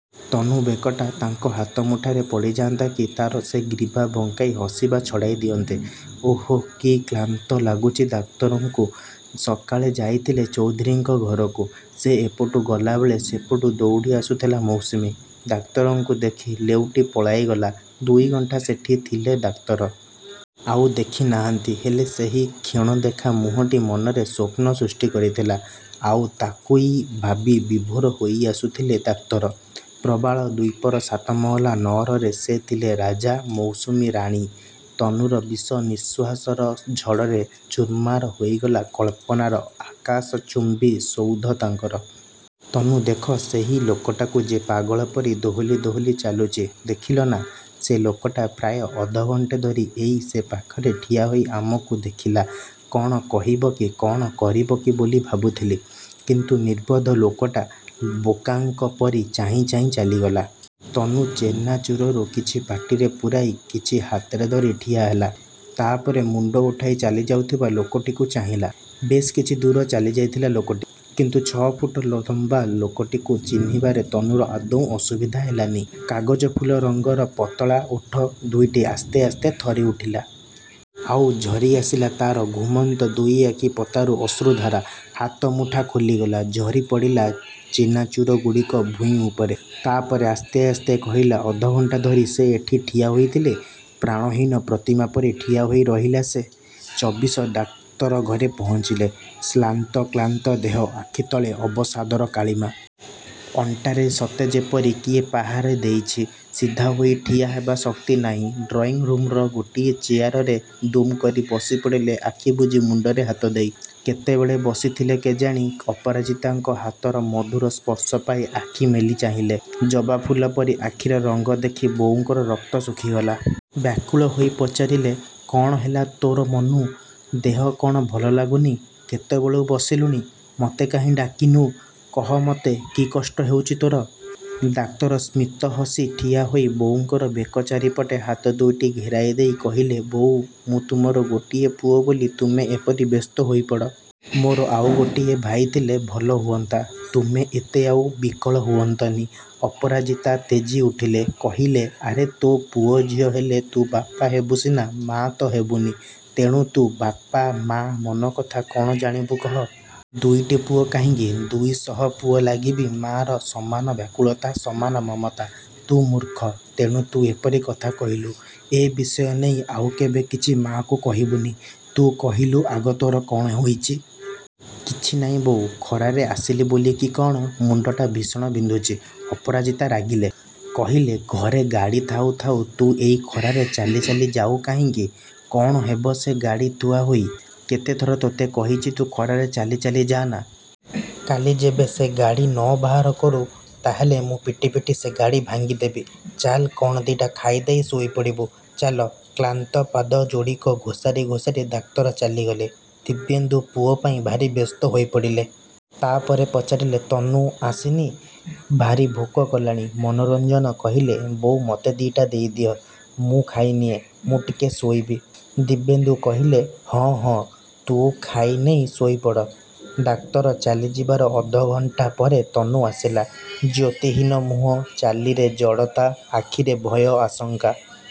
ତନୁ ବେକଟା ତାଙ୍କ ହାତମୁଠାରେ ପଡ଼ିଯାଆନ୍ତା କି ତା'ର ସେ ଗ୍ରୀବା ବଙ୍କାଇ ହସିବା ଛଡ଼ାଇ ଦିଅନ୍ତେ। ଓଃ, କି କ୍ଳାନ୍ତ ଲାଗୁଛି ଡାକ୍ତରଙ୍କୁ। ସକାଳେ ଯାଇଥିଲେ ଚୌଧୁରୀଙ୍କ ଘରକୁ। ସେ ଏପଟୁ ଗଲାବେଳେ ସେପଟୁ ଦଉଡ଼ିଆସୁଥିଲା ମୌସୁମୀ। ଡାକ୍ତରଙ୍କୁ ଦେଖି ଲେଉଟି ପଳାଇଗଲା। ଦୁଇଘଣ୍ଟା ସେଠି ଥିଲେ ଡାକ୍ତର। ଆଉ ଦେଖିନାହାନ୍ତି। ହେଲେ ସେହି କ୍ଷଣଦେଖା ମୁହଁଟି ମନରେ ସ୍ୱପ୍ନ ସୃଷ୍ଟି କରିଥିଲା। ଆଉ ତାକୁଇ ଭାବି ବିଭୋର ହୋଇଆସୁଥିଲେ ଡାକ୍ତର। ପ୍ରବାଳ ଦ୍ୱୀପର ସାତମହଲା ନଅରରେ ସେ ଥିଲେ ରାଜା, ମୌସୁମୀ ରାଣୀ। ତନୁର ବିଷ ନିଃଶ୍ୱାସର ଝଡ଼ରେ ଚୁର୍ମାର ହୋଇଗଲା କଳ୍ପନାର ଆକାଶଚୁମ୍ୱୀ ସୌଧ ତାଙ୍କର। –ତନୁ ଦେଖ, ସେହି ଲୋକଟାକୁ ଯେ ପାଗଳ ପରି ଦୋହଲି ଦୋହଲି ଚାଲୁଛି। ଦେଖିଲ ନା। ସେ ଲୋକଟା ପ୍ରାୟ ଅଧଘଣ୍ଟେ ଧରି ଏଇ ସେ ପାଖରେ ଠିଆ ହୋଇ ଆମକୁ ଦେଖିଲା। କ'ଣ କହିବକି କ'ଣ କରିବକି ବୋଲି ଭାବୁଥିଲି। କିନ୍ତୁ ନିର୍ବୋଧ ଲୋକଟା, ବୋକାଙ୍କ ପରି ଚାହିଁଚାହିଁ ଚାଲିଗଲା। ତନୁ ଚେନାଚୁରରୁ କିଛି ପାଟିରେ ପୂରାଇ କିଛି ହାତରେ ଧରି ଠିଆହେଲା। ତା' ପରେ ମୁଣ୍ଡ ଉଠାଇ ଚାଲିଯାଉଥିବା ଲୋକଟିକୁ ଚାହିଁଲା। ବେଶ୍ କିଛି ଦୂର ଚାଲିଯାଇଥିଲା ଲୋକଟି। କିନ୍ତୁ ଛଅଫୁଟ ଲମ୍ୱା ଲୋକଟିକୁ ଚିହ୍ନିବାରେ ତନୁର ଆଦୌ ଅସୁବିଧା ହେଲାନି। କାଗଜ ଫୁଲ ରଙ୍ଗର ପତଳା ଓଠ ଦୁଇଟି ଆସ୍ତେ ଆସ୍ତେ ଥରିଉଠିଲା। ଆଉ, ଝରିଆସିଲା ତା'ର ଘୁମନ୍ତ ଦୁଇଆଖି ପତାରୁ ଅଶ୍ରୁଧାରା। ହାତମୁଠା ଖୋଲିଗଲା। ଝରିପଡ଼ିଲା ଚେନାଚୁରଗୁଡ଼ିକ ଭୂଇଁ ଉପରେ। ତାପରେ ଆସ୍ତେ ଆସ୍ତେ କହିଲା–ଅଧଘଣ୍ଟା ଧରି ସେ ଏଠି ଠିଆ ହୋଇଥିଲେ? ପ୍ରାଣହୀନ ପ୍ରତିମା ପରି ଠିଆହୋଇ ରହିଲା ସେ। ଚବିଶ ଡାକ୍ତର ଘରେ ପହଞ୍ଚିଲେ। ଶ୍ରାନ୍ତ କ୍ଳାନ୍ତ ଦେହ, ଆଖିତଳେ ଅବସାଦର କାଳିମା। ଅଣ୍ଟାରେ ସତେଯେପରି କିଏ ପାହାରେ ଦେଇଛି। ସିଧା ହୋଇ ଠିଆହେବା ଶକ୍ତି ନାହିଁ। ଡ୍ରଇଂରୁମ୍ର ଗୋଟିଏ ଚେୟାରରେ ଦୁମ୍ କରି ବସିପଡ଼ିଲେ ଆଖିବୁଜି ମୁଣ୍ଡରେ ହାତଦେଇ। କେତେବେଳେ ବସିଥିଲେ କେଜାଣି ଅପରାଜିତାଙ୍କ ହାତର ମଧୁର ସ୍ପର୍ଶ ପାଇ ଆଖି ମେଲି ଚାହିଁଲେ। ଜବା ଫୁଲ ପରି ଆଖିର ରଙ୍ଗ ଦେଖି ବୋଉଙ୍କର ରକ୍ତ ଶୁଖିଗଲା। ବ୍ୟାକୁଳ ହୋଇ ପଚାରିଲେ–କ'ଣ ହେଲା ତୋର ମନୁ? ଦେହ କ'ଣ ଭଲଲାଗୁନି? କେତେବେଳୁ ବସିଲୁଣି? ମତେ କାହିଁକି ଡାକିନୁ? କହ ମତେ, କି କଷ୍ଟ ହେଉଛି ତୋର? ଡାକ୍ତର ସ୍ମିତ ହସି ଠିଆହୋଇ ବୋଉଙ୍କର ବେକ ଚାରିପଟେ ହାତ ଦୁଇଟି ଘେରାଇ ଦେଇ କହିଲେ–ବୋଉ, ମୁଁ ତୁମର ଗୋଟିଏ ପୁଅ ବୋଲି ତୁମେ ଏପରି ବ୍ୟସ୍ତ ହୋଇପଡ଼। ମୋର ଆଉ ଗୋଟିଏ ଭାଇ ଥିଲେ ଭଲହୁଅନ୍ତା। ତୁମେ ଏତେ ଆଉ ବିକଳ ହୁଅନ୍ତନି। ଅପରାଜିତା ତେଜିଉଠିଲେ। କହିଲେ–ଆରେ ତୋ ପୁଅ ଝିଅ ହେଲେ ତୁ ବାପ ହେବୁ ସିନା, ମାଆ ତ ହେବୁନି। ତେଣୁ ତୁ ବା ମା' ମନକଥା କ'ଣ ଜାଣିବୁ କହ? ଦୁଇଟି ପୁଅ କାହିଁକି, ଦୁଇଶହ ପୁଅ ଲାଗି ବି ମାଆର ସମାନ ବ୍ୟାକୁଳତା, ସମାନ ମମତା। ତୁ ମୂର୍ଖ,। ତେଣୁ ତୁ ଏପରି କଥା କହିଲୁ। ଏ ବିଷୟ ନେଇ ଆଉ କେବେ କିଛି ମାଆକୁ କହିବୁନି। ତୁ କହିଲୁ ଆଗ ତୋର କ'ଣ ହୋଇଛି? –କିଛି ନାଇଁ ବୋଉ। ଖରାରେ ଆସିଲି ବୋଲି କି କ'ଣ ମୁଣ୍ଡଟା ଭୀଷଣ ବିନ୍ଧୁଛି। ଅପରାଜିତା ରାଗିଲେ। କହିଲେ–ଘରେ ଗାଡ଼ି ଥାଉ ଥାଉ ତୁ ଏଇ ଖରାରେ ଚାଲି ଚାଲି ଯାଉ କାହିଁକି? କ'ଣ ହେବ ସେ ଗାଡ଼ି ଥୁଆହୋଇ? କେତେଥର ତୋତେ କହିଛି ତୁ ଖରାରେ ଚାଲି ଚାଲି ଯାଆନା। କାଲି ଯେବେ ସେ ଗାଡ଼ି ନ ବାହାର କରୁ ତାହାହେଲେ ମୁଁ ପିଟି ପିଟି ସେ ଗାଡ଼ି ଭାଙ୍ଗିଦେବି। ଚାଲ୍ କ'ଣ ଦିଇଟା ଖାଇଦେଇ ଶୋଇପଡ଼ିବୁ। –ଚାଲ। କ୍ଳାନ୍ତ ପାଦ ଯୋଡ଼ିକ ଘୋସାରି ଘୋସାରି ଡାକ୍ତର ଚାଲିଗଲେ। ଦିବ୍ୟେନ୍ଦୁ ପୁଅ ପାଇଁ ଭାରି ବ୍ୟସ୍ତ ହୋଇପଡ଼ିଲେ। ତାପରେ ପଚାରିଲେ ତନୁ... ଆସିନି? ଭାରି ଭୋକ କଲାଣି। ମନୋରଞ୍ଜନ କହିଲେ–ବୋଉ ମୋତେ ଦିଇଟା ଦେଇଦିଅ। ମୁଁ ଖାଇନିଏ। ମୁଁ ଟିକେ ଶୋଇବି। ଦିବ୍ୟେନ୍ଦୁ କହିଲେ–ହଁ ହଁ, ତୁ ଖାଇନେଇ ଶୋଇପଡ଼। ଡାକ୍ତର ଚାଲିଯିବାର ଅଧଘଣ୍ଟା ପରେ ତନୁ ଆସିଲା। ଜ୍ୟୋତିହୀନ ମୁହଁ, ଚାଲିରେ ଜଡ଼ତା, ଆଖିରେ ଭୟ, ଆଶଙ୍କା।